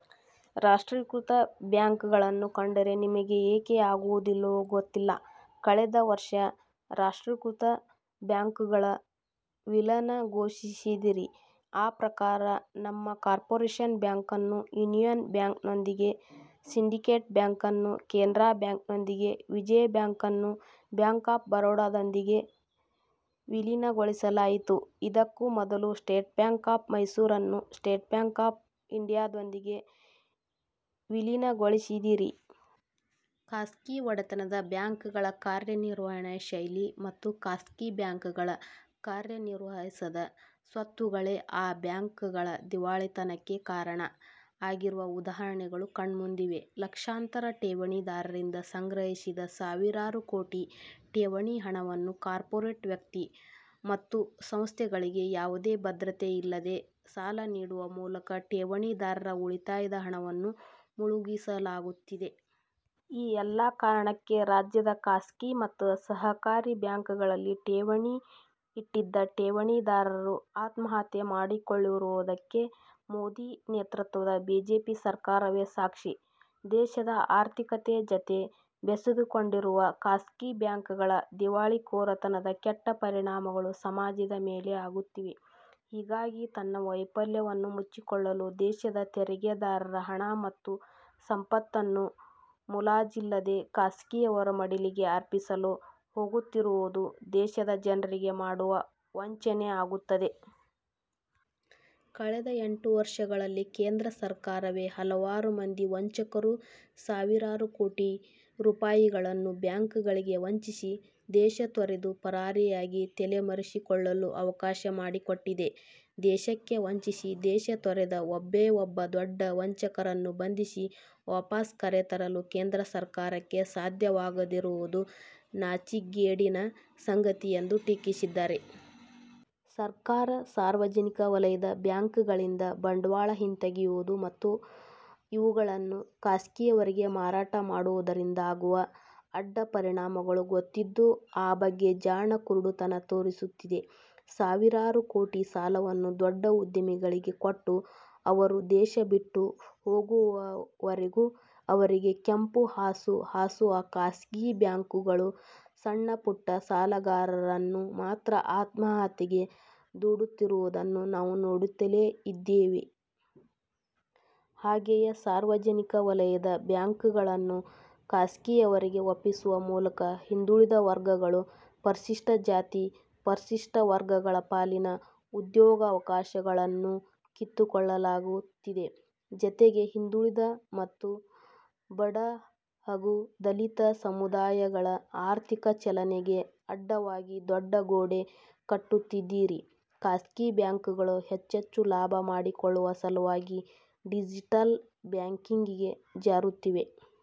ರಾಷ್ಟ್ರೀಕೃತ ಬ್ಯಾಂಕ್ಗಳನ್ನು ಕಂಡರೆ ನಿಮಗೆ ಏಕೆ ಆಗುವುದಿಲ್ಲವೋ ಗೊತ್ತಿಲ್ಲ. ಕಳೆದ ವರ್ಷ ರಾಷ್ಟ್ರಿಕೃತ ಬ್ಯಾಂಕ್ಗಳ ವಿಲೀನ ಘೋಷಿಸಿದಿರಿ. ಆ ಪ್ರಕಾರ ನಮ್ಮ ಕಾರ್ಪೋರೇಷನ್ ಬ್ಯಾಂಕನ್ನು ಯೂನಿಯನ್ ಬ್ಯಾಂಕ್ನೊಂದಿಗೆ, ಸಿಂಡಿಕೇಟ್ ಬ್ಯಾಂಕನ್ನು ಕೆನರಾ ಬ್ಯಾಂಕ್ನೊಂದಿಗೆ, ವಿಜಯ ಬ್ಯಾಂಕನ್ನು ಬ್ಯಾಂಕ್ ಆಫ್ ಬರೋಡದೊಂದಿಗೆ ವಿಲೀನಗೊಳಿಸಲಾಯಿತು. ಇದಕ್ಕೂ ಮೊದಲು ಸ್ಟೇಟ್ ಬ್ಯಾಂಕ್ ಆಫ್ ಮೈಸೂರನ್ನು ಸ್ಟೇಟ್ ಬ್ಯಾಂಕ್ ಆಫ್ ಇಂಡಿಯಾದೊಂದಿಗೆ ವಿಲೀನಗೊಳಿಸಿದಿರಿ. ಖಾಸಗಿ ಒಡೆತನದ ಬ್ಯಾಂಕ್ಗಳ ಕಾರ್ಯನಿರ್ವಹಣೆ ಶೈಲಿ ಮತ್ತು ಖಾಸಗಿ ಬ್ಯಾಂಕ್ಗಳ ಕಾರ್ಯನಿರ್ವಹಿಸದ ಸ್ವತ್ತುಗಳೇ ಆ ಬ್ಯಾಂಕ್ಗಳ ದಿವಾಳಿತನಕ್ಕೆ ಕಾರಣ ಆಗಿರುವ ಉದಾಹರಣೆಗಳು ಕಣ್ಣ ಮುಂದಿವೆ. ಲಕ್ಷಾಂತರ ಠೇವಣಿದಾರರರಿಂದ ಸಂಗ್ರಹಿಸಿದ ಸಾವಿರಾರು ಕೋಟಿ ಠೇವಣಿ ಹಣವನ್ನು ಕಾರ್ಪೋರೇಟ್ ವ್ಯಕ್ತಿ ಮತ್ತು ಸಂಸ್ಥೆಗಳಿಗೆ ಯಾವುದೇ ಭದ್ರತೆ ಇಲ್ಲದೆ ಸಾಲ ನೀಡುವ ಮೂಲಕ ಠೇವಣಿದಾರರ ಉಳಿತಾಯದ ಹಣವನ್ನು ಮುಳುಗಿಸಲಾಗುತ್ತಿದೆ. ಈ ಎಲ್ಲಾ ಕಾರಣಕ್ಕೆ ರಾಜ್ಯದ ಖಾಸಗಿ ಮತ್ತು ಸಹಕಾರಿ ಬ್ಯಾಂಕ್ಗಳಲ್ಲಿ ಠೇವಣಿ ಇಟ್ಟಿದ್ದ ಠೇವಣಿದಾರರು ಆತ್ಮಹತ್ಯೆ ಮಾಡಿಕೊಳ್ಳುತ್ತಿರುವುದಕ್ಕೆ ಮೋದಿ ನೇತೃತ್ವದ ಬಿಜೆಪಿ ಸರ್ಕಾರವೇ ಸಾಕ್ಷಿ. ದೇಶದ ಆರ್ಥಿಕತೆ ಜತೆ ಬೆಸೆದುಕೊಂಡಿರುವ ಖಾಸಗಿ ಬ್ಯಾಂಕ್ಗಳ ದಿವಾಳಿಕೋರತನದ ಕೆಟ್ಟ ಪರಿಣಾಮಗಳು ಸಮಾಜದ ಮೇಲೆ ಆಗುತ್ತಿವೆ. ಹೀಗಾಗಿ ತನ್ನ ವೈಫಲ್ಯವನ್ನು ಮುಚ್ಚಿಕೊಳ್ಳಲು ದೇಶದ ತೆರಿಗೆದಾರರ ಹಣ ಮತ್ತು ಸಂಪತ್ತನ್ನು ಮುಲಾಜಿಲ್ಲದೆ ಖಾಸಗಿಯವರ ಮಡಿಲಿಗೆ ಅರ್ಪಿಸಲು ಹೋಗುತ್ತಿರುವುದು ದೇಶದ ಜನರಿಗೆ ಮಾಡುವ ವಂಚನೆ ಆಗುತ್ತದೆ. ಕಳೆದ ಎಂಟು ವರ್ಷಗಳಲ್ಲಿ ಕೇಂದ್ರ ಸರ್ಕಾರವೇ ಹಲವಾರು ಮಂದಿ ವಂಚಕರು ಸಾವಿರಾರು ಕೋಟಿ ರೂಪಾಯಿಗಳನ್ನು ಬ್ಯಾಂಕ್ಗಳಿಗೆ ವಂಚಿಸಿ ದೇಶ ತೊರೆದು ಪರಾರಿಯಾಗಿ ತಲೆಮರೆಸಿಕೊಳ್ಳಲು ಅವಕಾಶ ಮಾಡಿಕೊಟ್ಟಿದೆ. ದೇಶಕ್ಕೆ ವಂಚಿಸಿ ದೇಶ ತೊರೆದ ಒಬ್ಬೇ ಒಬ್ಬ ದೊಡ್ಡ ವಂಚಕನನ್ನೂ ಬಂಧಿಸಿ ವಾಪಾಸ್ ಕರೆತರಲು ಕೇಂದ್ರ ಸರ್ಕಾರಕ್ಕೆ ಸಾಧ್ಯವಾಗದಿರುವುದು ನಾಚಿಕೆಗೇಡಿನ ಸಂಗತಿ ಎಂದು ಟೀಕಿಸಿದ್ದಾರೆ. ಸರ್ಕಾರ ಸಾರ್ವಜನಿಕ ವಲಯದ ಬ್ಯಾಂಕ್ಗಳಿಂದ ಬಂಡವಾಳ ಹಿಂತೆಗೆಯುವುದು ಮತ್ತು ಇವುಗಳನ್ನು ಖಾಸಗಿಯವರಿಗೆ ಮಾರಾಟ ಮಾಡುವುದರಿಂದ ಆಗುವ ಅಡ್ಡ ಪರಿಣಾಮಗಳು ಗೊತ್ತಿದ್ದೂ ಆ ಬಗ್ಗೆ ಜಾಣ ಕುರುಡುತನ ತೋರಿಸುತ್ತಿದೆ. ಸಾವಿರಾರು ಕೋಟಿ ಸಾಲವನ್ನು ದೊಡ್ಡ ಉದ್ಯಮಿಗಳಿಗೆ ಕೊಟ್ಟು ಅವರು ದೇಶ ಬಿಟ್ಟು ಹೋಗುವವರೆಗೂ ಅವರಿಗೆ ಕೆಂಪು ಹಾಸು ಹಾಸುವ ಖಾಸಗಿ ಬ್ಯಾಂಕ್ಗಳು ಸಣ್ಣ ಪುಟ್ಟ ಸಾಲಗಾರರನ್ನು ಮಾತ್ರ ಆತ್ಮಹತ್ಯೆಗೆ ದೂಡುತ್ತಿರುವುದನ್ನು ನಾವು ನೋಡುತ್ತಲೇ ಇದ್ದೇವೆ. ಹಾಗೆಯೇ ಸಾರ್ವಜನಿಕ ವಲಯದ ಬ್ಯಾಂಕ್ಗಳನ್ನು ಖಾಸಗಿಯವರಿಗೆ ಒಪ್ಪಿಸುವ ಮೂಲಕ ಹಿಂದುಳಿದ ವರ್ಗಗಳು, ಪರಿಶಿಷ್ಠ ಜಾತಿ, ಪರಿಶಿಷ್ಠ ವರ್ಗಗಳ ಪಾಲಿನ ಉದ್ಯೋಗಾವಕಾಶಗಳನ್ನೂ ಕಿತ್ತುಕೊಳ್ಳಲಾಗುತ್ತಿದೆ. ಜತೆಗೆ ಹಿಂದುಳಿದ ಮತ್ತು ಬಡ ಹಗೂ ದಲಿತ ಸಮುದಾಯಗಳ ಆರ್ಥಿಕ ಚಲನೆಗೆ ಅಡ್ಡವಾಗಿ ದೊಡ್ಡ ಗೋಡೆ ಕಟ್ಟುತ್ತಿದ್ದೀರಿ. ಖಾಸಗಿ ಬ್ಯಾಂಕ್ಗಳು ಹೆಚ್ಚೆಚ್ಚು ಲಾಭ ಮಾಡಿಕೊಳ್ಳುವ ಸಲುವಾಗಿ ಡಿಜಟಲ್ ಬ್ಯಾಂಕಿಂಗ್ಗೆ ಜಾರುತ್ತಿವೆ.